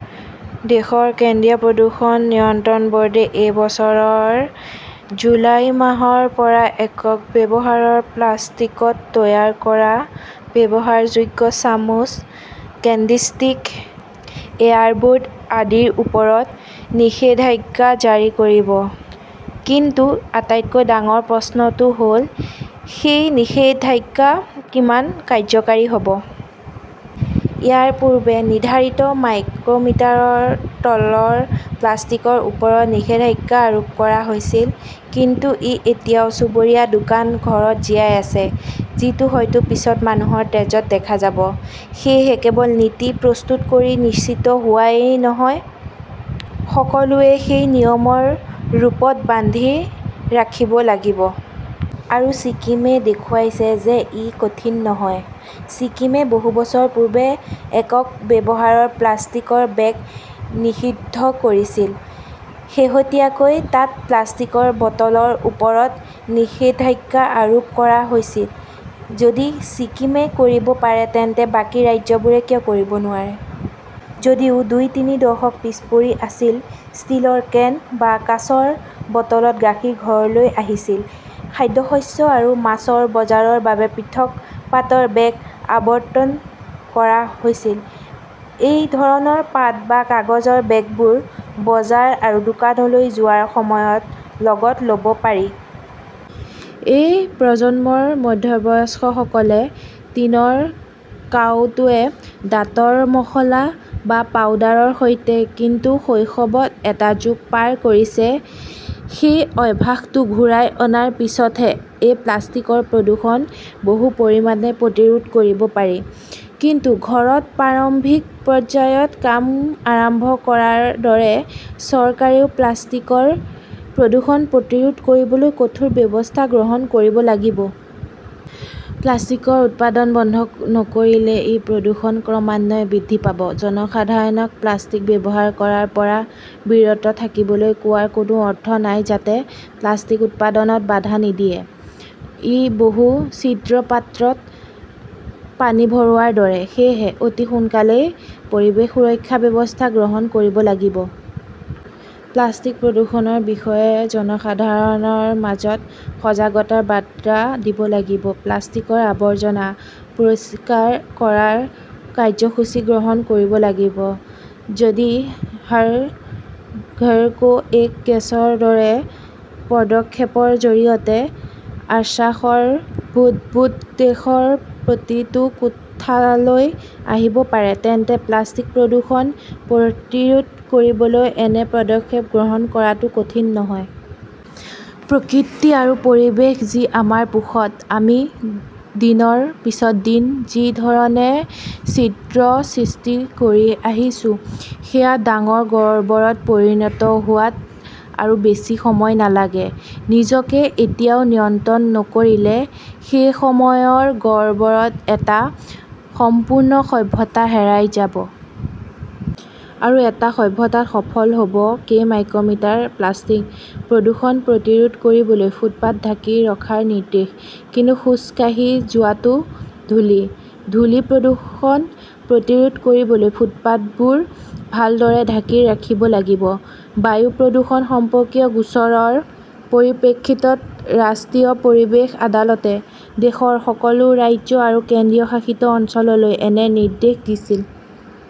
দেশৰ কেন্দ্ৰীয় প্ৰদূষণ নিয়ন্ত্ৰণ বোৰ্ডে এই বছৰৰ জুলাই মাহৰ পৰা একক ব্যৱহাৰৰ প্লাষ্টিকত তৈয়াৰ কৰা ব্যৱহাৰযোগ্য, চামুচ, কেণ্ডি ষ্টিক, ইয়াৰবড আদিৰ ওপৰত নিষেধাজ্ঞা জাৰি কৰিব। কিন্তু আটাইতকৈ ডাঙৰ প্ৰশ্নটো হ'ল সেই নিষেধাজ্ঞা কিমান কাৰ্যকৰী হ'ব। ইয়াৰ পূৰ্বে নিৰ্ধাৰিত মাইক্ৰমিটাৰৰ তলৰ প্লাষ্টিকৰ ওপৰত নিষেধাজ্ঞা আৰোপ কৰা হৈছিল। কিন্তু ই এতিয়াও চুবুৰীয়া দোকান, ঘৰত জীয়াই আছে। যিটো হয়তো পিছত মানুহৰ তেজত দেখা যাব। সেয়েহে কেৱল নীতি প্ৰস্তুত কৰি নিশ্চিত হোৱাই নহয়, সকলোৱে সেই নিয়মৰ ৰূপত বান্ধি ৰাখিব লাগিব। আৰু ছিকিমে দেখুৱাইছে যে ই কঠিন নহয়। ছিকিমে বহু বছৰ পূৰ্বে একক ব্যৱহাৰৰ প্লাষ্টিকৰ বেগ নিষিদ্ধ কৰিছিল। শেহতীয়াকৈ তাত প্লাষ্টিকৰ বটলৰ ওপৰত নিষেধাজ্ঞা আৰোপ কৰা হৈছিল। যদি ছিকিমে কৰিব পাৰে, তেন্তে বাকী ৰাজ্যবোৰ কিয় কৰিব নোৱাৰে? যদিও দুই-তিনি দশক পিছ পৰি আছিল, ষ্টীলৰ কেন বা কাঁচৰ বটলত গাখীৰ ঘৰলৈ আহিছিল, খাদ্যশস্য আৰু মাছৰ বজাৰৰ বাবে পৃথক পাটৰ বেগ আবণ্টন কৰা হৈছিল। এই ধৰণৰ পাট বা কাগজৰ বেগবোৰ বজাৰ আৰু দোকানলৈ যোৱাৰ সময়ত লগত ল'ব পাৰি। এই প্ৰজন্মৰ মধ্যবয়স্কসকলে টিনৰ কাউটোৱে দাঁতৰ মশলা বা পাউডাৰৰ সৈতে কিন্তু শৈশৱত এটা যুগ পাৰ কৰিছে। সেই অভ্যাসটো ঘূৰাই অনাৰ পিছতহে এই প্লাষ্টিকৰ প্ৰদূষণ বহু পৰিমাণে প্ৰতিৰোধ কৰিব পাৰি। কিন্তু ঘৰত প্ৰাৰম্ভিক পৰ্যায়ত কাম আৰম্ভ কৰাৰ দৰে চৰকাৰেও প্লাষ্টিকৰ প্ৰদূষণ প্ৰতিৰোধ কৰিবলৈ কঠোৰ ব্যৱস্থা গ্ৰহণ কৰিব লাগিব। প্লাষ্টিকৰ উৎপাদন বন্ধ নকৰিলে এই প্ৰদূষণ ক্ৰমান্বয়ে বৃদ্ধি পাব। জনসাধাৰণক প্লাষ্টিক ব্যৱহাৰ কৰাৰ পৰা বিৰত থাকিবলৈ কোৱাৰ কোনো অৰ্থ নাই, যাতে প্লাষ্টিক উৎপাদনত বাধা নিদিয়ে। ই বহু-ছিদ্ৰ পাত্ৰত পানী ভৰোৱাৰ দৰে। সেয়েহে অতি সোনকালেই পৰিৱেশ সুৰক্ষা ব্যৱস্থা গ্ৰহণ কৰিব লাগিব। প্লাষ্টিক প্ৰদূষণৰ বিষয়ে জনসাধাৰণৰ মাজত সজাগতাৰ বাৰ্তা দিব লাগিব, প্লাষ্টিকৰ আৱৰ্জনা পৰিষ্কাৰ কৰাৰ কাৰ্যসূচী গ্ৰহণ কৰিব লাগিব। যদি হৰ ঘৰ কো এক গেছৰ দৰে পদক্ষেপৰ জৰিয়তে আশ্বাসৰ বুদ্বুদ দেশৰ প্ৰতিটো কোঠালৈ আহিব পাৰে, তেন্তে প্লাষ্টিক প্ৰদূষণ প্ৰতিৰোধ কৰিবলৈ এনে পদক্ষেপ গ্ৰহণ কৰাটোও কঠিন নহয়। প্ৰকৃতি আৰু পৰিৱেশ যি আমাৰ পোষক, আমি দিনৰ পিছত দিন যি ধৰণে ছিদ্ৰ সৃষ্টি কৰি আহিছো, সেয়া ডাঙৰ গহ্বৰত পৰিণত হোৱাত আৰু বেছি সময় নালাগে। নিজকে এতিয়াও নিয়ন্ত্ৰণ নকৰিলে সেই সময়ৰ গহ্বৰত এটা সম্পূৰ্ণ সভ্যতা হেৰাই যাব। আৰু এটা সভ্যতাত সফল হ'ব কেই মাইক্ৰমিটাৰ প্লাষ্টিক। প্ৰদূষণ প্ৰতিৰোধ কৰিবলৈ ফুটপাত ঢাকি ৰখাৰ নিৰ্দেশ, কিন্তু খোজ কাঢ়ি যোৱাটো ধূলি! ধূলি প্ৰদূষণ প্ৰতিৰোধ কৰিবলৈ ফুটপাতবোৰ ভালদৰে ঢাকি ৰাখিব লাগিব। বায়ু প্ৰদূষণ সম্পৰ্কীয় গোচৰৰ পৰিপ্ৰেক্ষিতত ৰাষ্ট্ৰীয় পৰিৱেশ আদালতে দেশৰ সকলো ৰাজ্য আৰু কেন্দ্ৰীয় শাসিত অঞ্চললৈ এনে নিৰ্দেশ দিছিল।